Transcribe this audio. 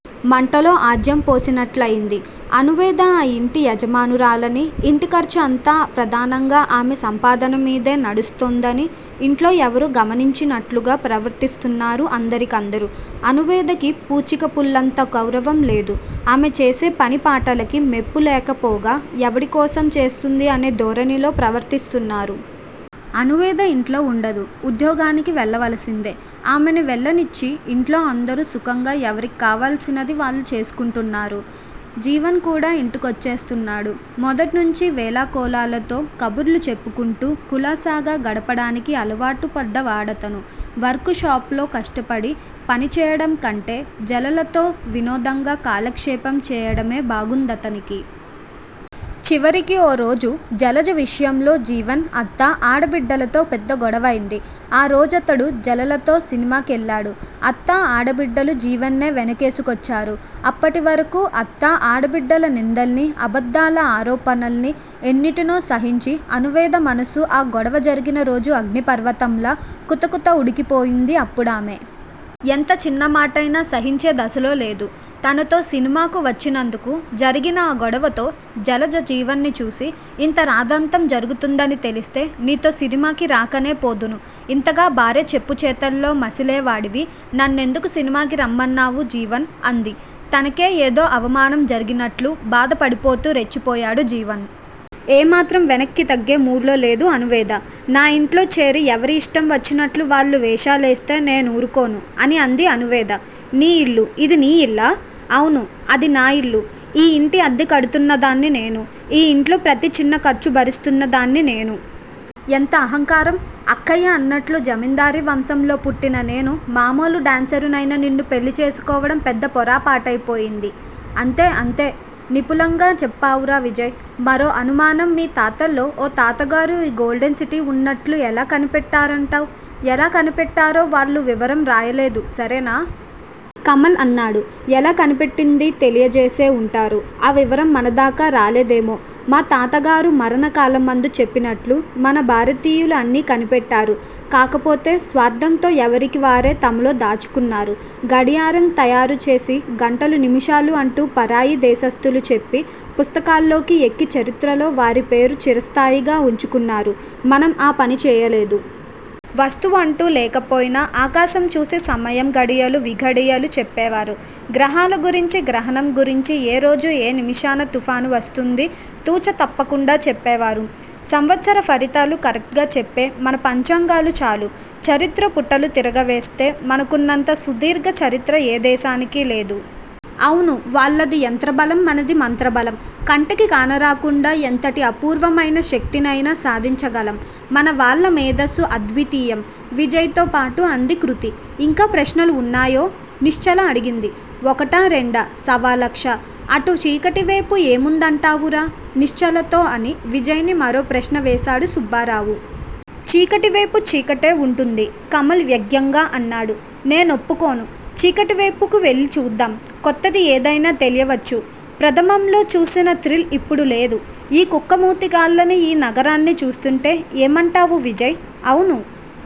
మంటలో ఆజ్యం పోసినట్లయింది. అణువేద ఆ ఇంటి యజమానురాలని, ఇంటి ఖర్చు అంతా ప్రధానంగా ఆమె సంపాదన మీదే నడుస్తోందని యింట్లో ఎవరూ గమనించినట్లుగా ప్రవర్తిస్తున్నారు అందరి కందరు. అణువేదకి పూచికపుల్లంత గౌరవం లేదు. ఆమె చేసే పనిపాటలకి మెప్పులేకపోగా ఎవడి కోసం చేస్తుంది అనే ధోరణిలో ప్రవర్తిస్తున్నారు. అణువేద యింట్లో వుండదు. ఉద్యోగానికి వెళ్ళవలసిందే. ఆమెని వెళ్ళనిచ్చి యింట్లో అందరూ సుఖంగా యెవరిక్కావలసినది వాళ్ళు చేసుకుంటున్నారు. జీవన్ కూడా ఇంటికొచ్చేస్తున్నాడు. మొదట్నించి వేళాకొళాలతో కబుర్లు చెప్పుకుంటూ కులాసాగా గడపడానికి అలావాటు పడ్డ వాడతను వర్కు షాప్ లో కష్టపడి పనిచేయడం కంటే జలజతో వినోదంగా కాలక్షేపం చేయడమే బాగుందతనికి. చివరికి ఓరోజు జలజ విషయంలో జీవన్, అత్త, ఆడబిడ్డలతో పెద్ద గోడవైంది. ఆ రోజతడు జలజతో సినిమా కెళ్ళాడు. అత్త ఆడబిడ్డలు జీవన్ నే వెనకేసుకొచ్చారు. అప్పటివరకూ అత్తా, ఆడబిడ్డల నిందల్ని, అబద్దాల ఆరోపణల్ని, ఎన్నింటినో సహించి అణువేద మనసు ఆ గొడవ జరిగిన రోజు అగ్ని పర్వతంలా కుతకుత ఉడికిపోయింది అప్పుడామే. ఎంత చిన్నమాటైనా సహించేదశలో లేదు. తనతో సినిమాకు వచ్చినందుకు జరిగిన ఆ గొడవతో జలజ జీవన్ ని చూసి, ఇంత రాద్ద్దాంతం జరుగుతుందని తెలిస్తే నీతో సినిమాకి రాకనే పోదును. ఇంతగా భార్య చెప్పుచేతల్లో మసిలేవాడివి నన్నెందుకు సినిమాకి రమ్మన్నావు జీవన్ అంది. తనకే ఏదో అవమానం జరిగినట్లు బాధ పడిపోతూ రెచ్చిపోయాడు జీవన్. ఏమాత్రం వెనక్కి తగ్గే మూడ్ లో లేదు అణువేద. నాయింట్లో చేరి ఎవరి యిష్టం వచ్చినట్లు వాళ్ళు వేషాలేస్తే నేనూరుకొను అని అంది అణువేద. నీ ఇల్లు ఇది నీ ఇల్లా? అవును అది నా ఇల్లు ఈ యింటి అద్దె కడుతున్నదాన్ని నేను. ఈ యింట్లో ప్రతి చిన్న ఖర్చు భరిస్తున్న దాన్ని నేను. ఎంత అహంకారం! అక్కయ్య అన్నట్లు జమిందారీ వంశంలో పుట్టిన నేను మాములు డాన్సరునైన నిన్ను పెళ్ళి చేసుకోవడం పెద్ద పోరాపాటైపోయింది. అంతే అంతే. నిపులంగా చెప్పావురా విజయ్! మరో అనుమానం మీ తాతల్లో ఓ తాతగారు ఈ గోల్డెన్ సిటీ వున్నట్లు ఎలా కనిపెట్టారంటావ్? ఎలా కనిపెట్టారో వాళ్ళు వివరం రాయలేదు సరేనా? కమల్ అన్నాడు. ఎలా కనిపెట్టిందీ తెలియజేసే వుంటారు ఆ వివరం మనదాకా రాలేదేమో! మాతాతగారు మరణ కాలమందు చెప్పినట్లు మన భారతీయులు అన్నీ కనిపెట్టారు. కాకపోతే స్వార్దంతో ఎవరికీ వారే తమలో దాచుకున్నారు గడియారం తయారుచేసి గంటలు నిముషాలు అంటూ పరాయి దేశస్తులు చెప్పి పుస్తకాల్లోకి ఎక్కి చరిత్రలో వారిపేరు చిరస్థాయిగా ఉంచుకున్నారు మనం ఆ పని చేయలేదు. వస్తువు అంటూ లేకపోయినా ఆకాశం చూసి సమయం ఘడియలు విఘడియలు, చెప్పేవారు గ్రహాల గురించి గ్రహణం గురించి ఏ రోజు ఏ నిముషాన తుఫాను వస్తుంది తుచ తప్పకుండా చెప్పేవారు. సవంత్సర ఫలితాలు కరెక్ట్ గా చెప్పే మన పంచాంగాలు చాలు చరిత్ర పుటలు తిరగవేస్తె మనకున్నంత సుదీర్ఘ చరిత్ర ఏ దేశానికీ లేదు. అవును వాళ్ళది యంత్రబలం మనది మంత్ర బాలం. కంటికి కానరాకుండా ఎంతటి అపూర్వమైన శక్తినయినా సాధించగలం. మన వాళ్ళ మేధస్సు అద్వితీయం విజయ్ తో పాటు అంది కృతి. ఇంకా ప్రశ్నలు వున్నాయో? నిశ్చల అడిగింది. ఒకటా రెండా సవాలక్ష. అటు చీకటివేపు ఏముందంటావురా? నిశ్చలతో అని విజయ్ ని మరో ప్రశ్న వేశాడు సుబ్బారావు. చీకటివేపు చీకటే వుంటుంది కమల్ వ్యగ్యంగా అన్నాడు. నే నొప్పుకొను. చీకటివేపుకి వెళ్ళి చూద్దాం. కొత్తది ఏదైనా తెలియవచ్చు. ప్రధమంలో చూసిన థ్రిల్ ఇప్పుడు లేదు. ఈ కుక్క మూతిగాళ్ళని ఈ నగరాన్ని చూస్తుంటే. ఏమంటావు విజయ్! అవును